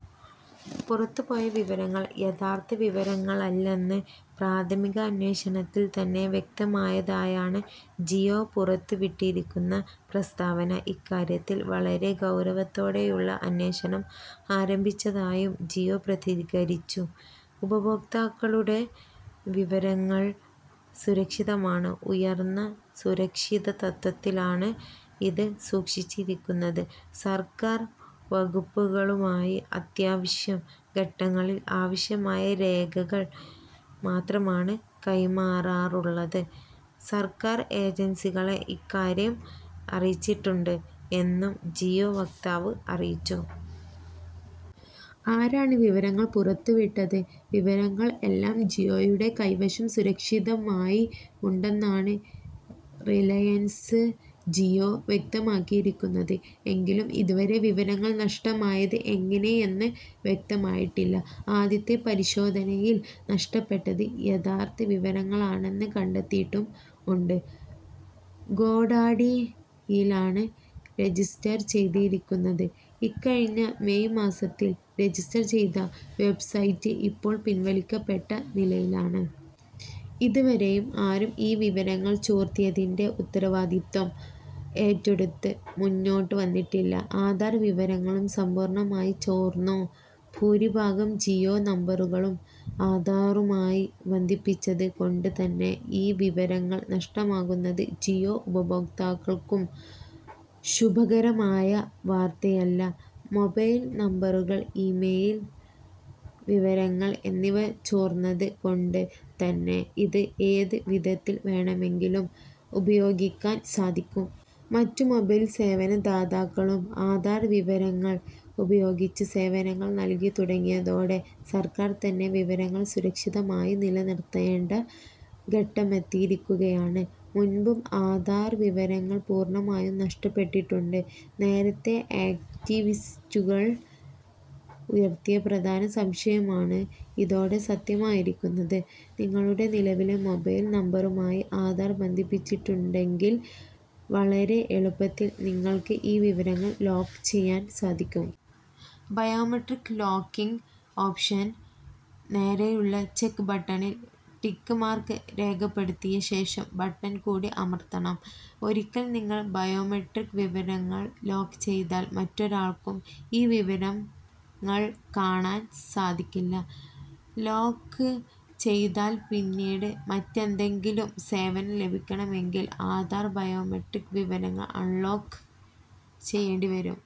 പുറത്തുപോയ വിവരങ്ങൾ യഥാർത്ഥ വിവരങ്ങളല്ലെന്ന് പ്രാഥമികാന്വേഷണത്തിൽ തന്നെ വ്യക്തമായതായാണ് ജിയോ പുറത്തുവിട്ടിരിക്കുന്ന പ്രസ്താവന. ഇക്കാര്യത്തിൽ വളരെ ഗൌരവത്തോടെയുള്ള അന്വേഷണം ആരംഭിച്ചതായും ജിയോ പ്രതികരിച്ചു. "ഉപഭോക്താക്കളുടെ വിവരങ്ങൾ സുരക്ഷിതമാണ്. ഉയർന്ന സുരക്ഷിതത്വത്തിലാണ് ഇത് സൂക്ഷിച്ചിരിക്കുന്നത്. സർക്കാർ വകുപ്പുകളുമായി അത്യാവശ്യ ഘട്ടങ്ങളിൽ ആവശ്യമായ രേഖകൾ മാത്രമാണ് കൈമാറാറുള്ളത്. സർക്കാർ ഏജൻസികളെ ഇക്കാര്യം അറിയിച്ചിട്ടുണ്ട്", എന്നും ജിയോ വക്താവ് അറിയിച്ചു. ആരാണ് വിവരങ്ങൾ പുറത്തുവിട്ടത്? വിവരങ്ങൾ എല്ലാം ജിയോയുടെ കൈവശം സുരക്ഷിതമായി ഉണ്ടെന്നാണ് റിലയൻസ് ജിയോ വ്യക്തമാക്കിയിരിക്കുന്നത്. എങ്കിലും ഇതുവരെ വിവരങ്ങൾ നഷ്ടമായത് എങ്ങിനെയെന്ന് വ്യക്തമായിട്ടില്ല. ആദ്യത്തെ പരിശോധനയിൽ നഷ്ടപ്പെട്ടത് യഥാർത്ഥ വിവരങ്ങളാണെന്ന് കണ്ടെത്തിയിട്ടും ഉണ്ട്. ഗോഡാഡി യിലാണ്. രജിസ്റ്റർ ചെയ്തിരിക്കുന്നത്. ഇക്കഴിഞ്ഞ മെയ് മാസത്തിൽ രജിസ്റ്റർ ചെയ്ത വെബ്സൈറ്റ് ഇപ്പോൾ പിൻവലിക്കപ്പെട്ട നിലയിലാണ്. ഇതുവരെയും ആരും ഈ വിവരങ്ങൾ ചോർത്തിയതിന്റെ ഉത്തരവാദിത്വം ഏറ്റെടുത്ത് മുന്നോട്ട് വന്നിട്ടില്ല. ആധാർ വിവരങ്ങളും സമ്പൂർണ്ണമായി ചോർന്നോ? ഭൂരിഭാഗം ജിയോ നമ്പറുകളും ആധാറുമായി ബന്ധിപ്പിച്ചത് കൊണ്ട് തന്നെ, ഈ വിവരങ്ങൾ നഷ്ടമാകുന്നത് ജിയോ ഉപഭോക്താക്കൾക്കും ശുഭകരമായ വാർത്തയല്ല. മൊബൈൽ നമ്പറുകൾ ഇമെയിൽ വിവരങ്ങൾ എന്നിവ ചോർന്നത് കൊണ്ട് തന്നെ ഇത് ഏത് വിധത്തിൽ വേണമെങ്കിലും ഉപയോഗിക്കാൻ സാധിക്കും. മറ്റ് മൊബൈൽ സേവന ദാതാക്കളും ആധാർ വിവരങ്ങൾ ഉപയോഗിച്ച് സേവനങ്ങൾ നൽകി തുടങ്ങിയതോടെ സർക്കാർ തന്നെ വിവരങ്ങൾ സുരക്ഷിതമായി നിലനിർത്തേണ്ട ഘട്ടമെത്തിയിരിക്കുകയാണ്. മുൻപും ആധാർ വിവരങ്ങൾ പൂർണ്ണമായും നഷ്ടപ്പെട്ടിട്ടുണ്ട്. നേരത്തേ ആക്ടിവിസ്റ്റുകൾ ഉയർത്തിയ പ്രധാന സംശയമാണ് ഇതോടെ സത്യമായിരിക്കുന്നത്. നിങ്ങളുടെ നിലവിലെ മൊബൈൽ നമ്പറുമായി ആധാർ ബന്ധിപ്പിച്ചിട്ടുണ്ടെങ്കിൽ വളരെ എളുപ്പത്തിൽ നിങ്ങൾക്ക് ഈ വിവരങ്ങൾ ലോക്ക് ചെയ്യാൻ സാധിക്കും. ബയോമെട്രിക് ലോക്കിംഗ് ഓപ്ഷന് നേരെയുള്ള ചെക് ബട്ടണിൽ ടിക് മാർക് രേഖപ്പെടുത്തിയ ശേഷം ബട്ടൺ കൂടി അമർത്തണം. ഒരിക്കൽ നിങ്ങൾ ബയോമെട്രിക് വിവരങ്ങൾ ലോക്ക് ചെയ്താൽ മറ്റൊരാൾക്കും ഈ വിവരങ്ങൾ കാണാൻ സാധിക്കില്ല. ലോക് ചെയ്താൽ പിന്നീട് മറ്റെന്തെങ്കിലും സേവനം ലഭിക്കണമെങ്കിൽ ആധാർ ബയോമെട്രിക് വിവരങ്ങൾ അൺലോക് ചെയ്യേണ്ടി വരും.